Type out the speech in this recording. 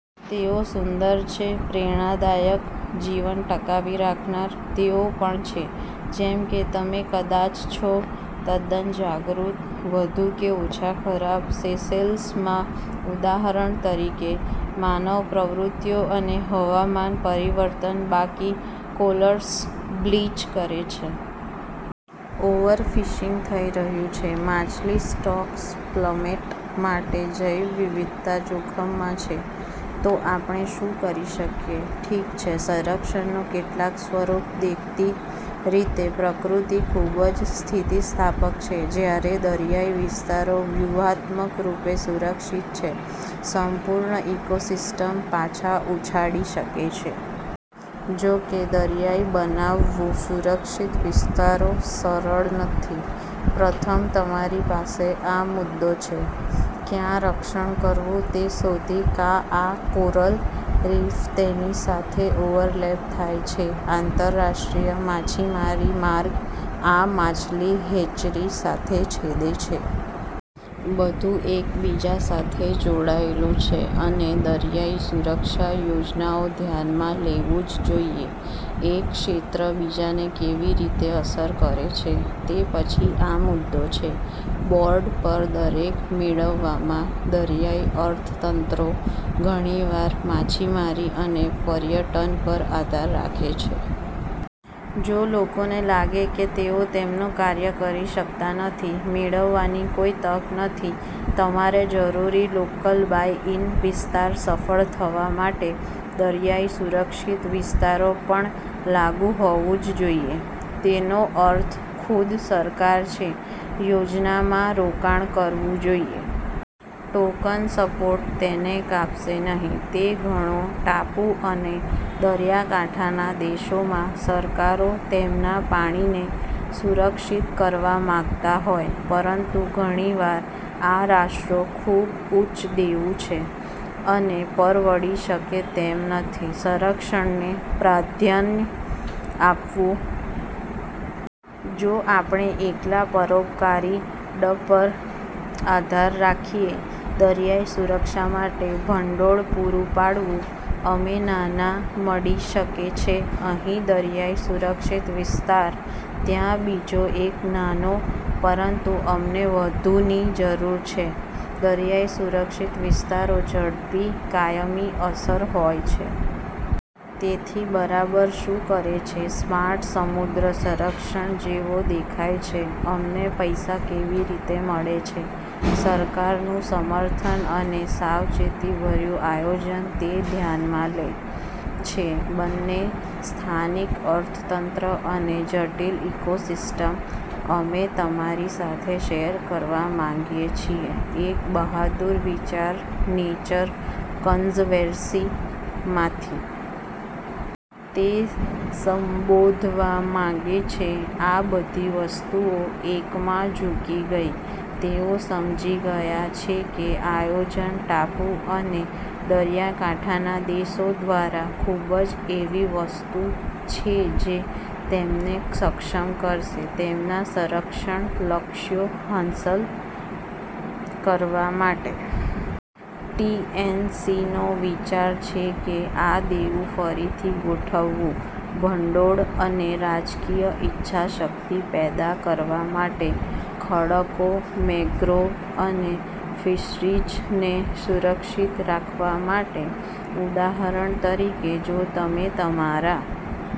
તેઓ સુંદર છે, પ્રેરણાદાયક, જીવન ટકાવી રાખનાર. તેઓ પણ છે, જેમ કે તમે કદાચ છો તદ્દન જાગૃત, વધુ કે ઓછા ખરાબ. સેશેલ્સમાં, ઉદાહરણ તરીકે, માનવ પ્રવૃત્તિઓ અને હવામાન પરિવર્તન બાકી કોરલ્સ બ્લીચ કરે છે. ઓવરફિશિંગ થઈ ગયું છે માછલી સ્ટોક્સ પ્લમેટ માટે. જૈવવિવિધતા જોખમમાં છે. તો આપણે શું કરી શકીએ? ઠીક છે, સંરક્ષણનું કેટલાક સ્વરૂપ, દેખીતી રીતે. પ્રકૃતિ ખૂબ જ સ્થિતિસ્થાપક છે. જ્યારે દરિયાઇ વિસ્તારો વ્યૂહાત્મક રૂપે સુરક્ષિત છે, સંપૂર્ણ ઇકોસિસ્ટમ્સ પાછા ઉછાળી શકે છે. જો કે, દરિયાઇ બનાવવું સુરક્ષિત વિસ્તારો સરળ નથી. પ્રથમ, તમારી પાસે આ મુદ્દો છે ક્યાં રક્ષણ કરવું તે શોધી કા. આ કોરલ રીફ તેની સાથે ઓવરલેપ થાય છે આંતરરાષ્ટ્રીય માછીમારી માર્ગ, આ માછલી હેચરી સાથે છેદે છે. બધું એકબીજા સાથે જોડાયેલું છે. અને દરિયાઇ સુરક્ષા યોજનાઓ ધ્યાનમાં લેવું જ જોઇએ એક ક્ષેત્ર બીજાને કેવી રીતે અસર કરે છે. તે પછી, આ મુદ્દો છે બોર્ડ પર દરેક મેળવવામાં. દરિયાઇ અર્થતંત્રો ઘણીવાર માછીમારી અને પર્યટન પર આધાર રાખે છે. જો લોકોને લાગે કે તેઓ તેમનું કાર્ય કરી શકતા નથી, મેળવવાની કોઈ તક નથી તમારે જરૂરી લોકલ બાય-ઇન વિસ્તાર સફળ થવા માટે. દરિયાઇ સુરક્ષિત વિસ્તારો પણ લાગુ હોવું જ જોઈએ. તેનો અર્થ ખુદ સરકાર છે યોજનામાં રોકાણ કરવું જોઇએ. ટોકન સપોર્ટ તેને કાપશે નહીં. તે ઘણો. ટાપુ અને દરિયાકાંઠાના દેશોમાં સરકારો તેમના પાણીને સુરક્ષિત કરવા માંગતા હોય, પરંતુ ઘણી વાર આ રાષ્ટ્રો ખૂબ ઉચ્ચ દેવું છે અને પરવડી શકે તેમ નથી સંરક્ષણને પ્રાધાન્ય આપવું. જો આપણે એકલા પરોપકારી ડ પર આધાર રાખીએ દરિયાઇ સુરક્ષા માટે ભંડોળ પૂરું પાડવું, અમે નાના મળી શકે છે અહીં દરિયાઇ-સુરક્ષિત વિસ્તાર, ત્યાં બીજો એક નાનો. પરંતુ અમને વધુની જરૂર છે દરિયાઇ સુરક્ષિત વિસ્તારો ઝડપી, કાયમી અસર હોય છે. તેથી બરાબર શું કરે છે સ્માર્ટ સમુદ્ર સંરક્ષણ જેવો દેખાય છે? અમને પૈસા કેવી રીતે મળે છે, સરકારનું સમર્થન અને સાવચેતીભર્યું આયોજન તે ધ્યાનમાં લે છે બંને સ્થાનિક અર્થતંત્ર અને જટિલ ઇકોસિસ્ટમ્સ? અમે તમારી સાથે શેર કરવા માંગીએ છીએ એક બહાદુર વિચાર નેચર કન્ઝર્વેન્સીમાંથી. તે સંબોધવા માંગે છે આ બધી વસ્તુઓ એકમાં ઝૂકી ગઈ. તેઓ સમજી ગયા છે કે આયોજન ટાપુ અને દરિયાકાંઠાના દેશો દ્વારા ખૂબ જ એવી વસ્તુ છે જે તેમને સક્ષમ કરશે તેમના સંરક્ષણ લક્ષ્યો હાંસલ કરવા માટે. ટી. એન. સી. નો વિચાર છે કે આ દેવું ફરીથી ગોઠવવું, ભંડોળ અને રાજકીય ઇચ્છાશક્તિ પેદા કરવા માટે ખડકો, મેંગ્રોવ અને ફિશરીઝને સુરક્ષિત રાખવા માટે. ઉદાહરણ તરીકે, જો તમે તમારા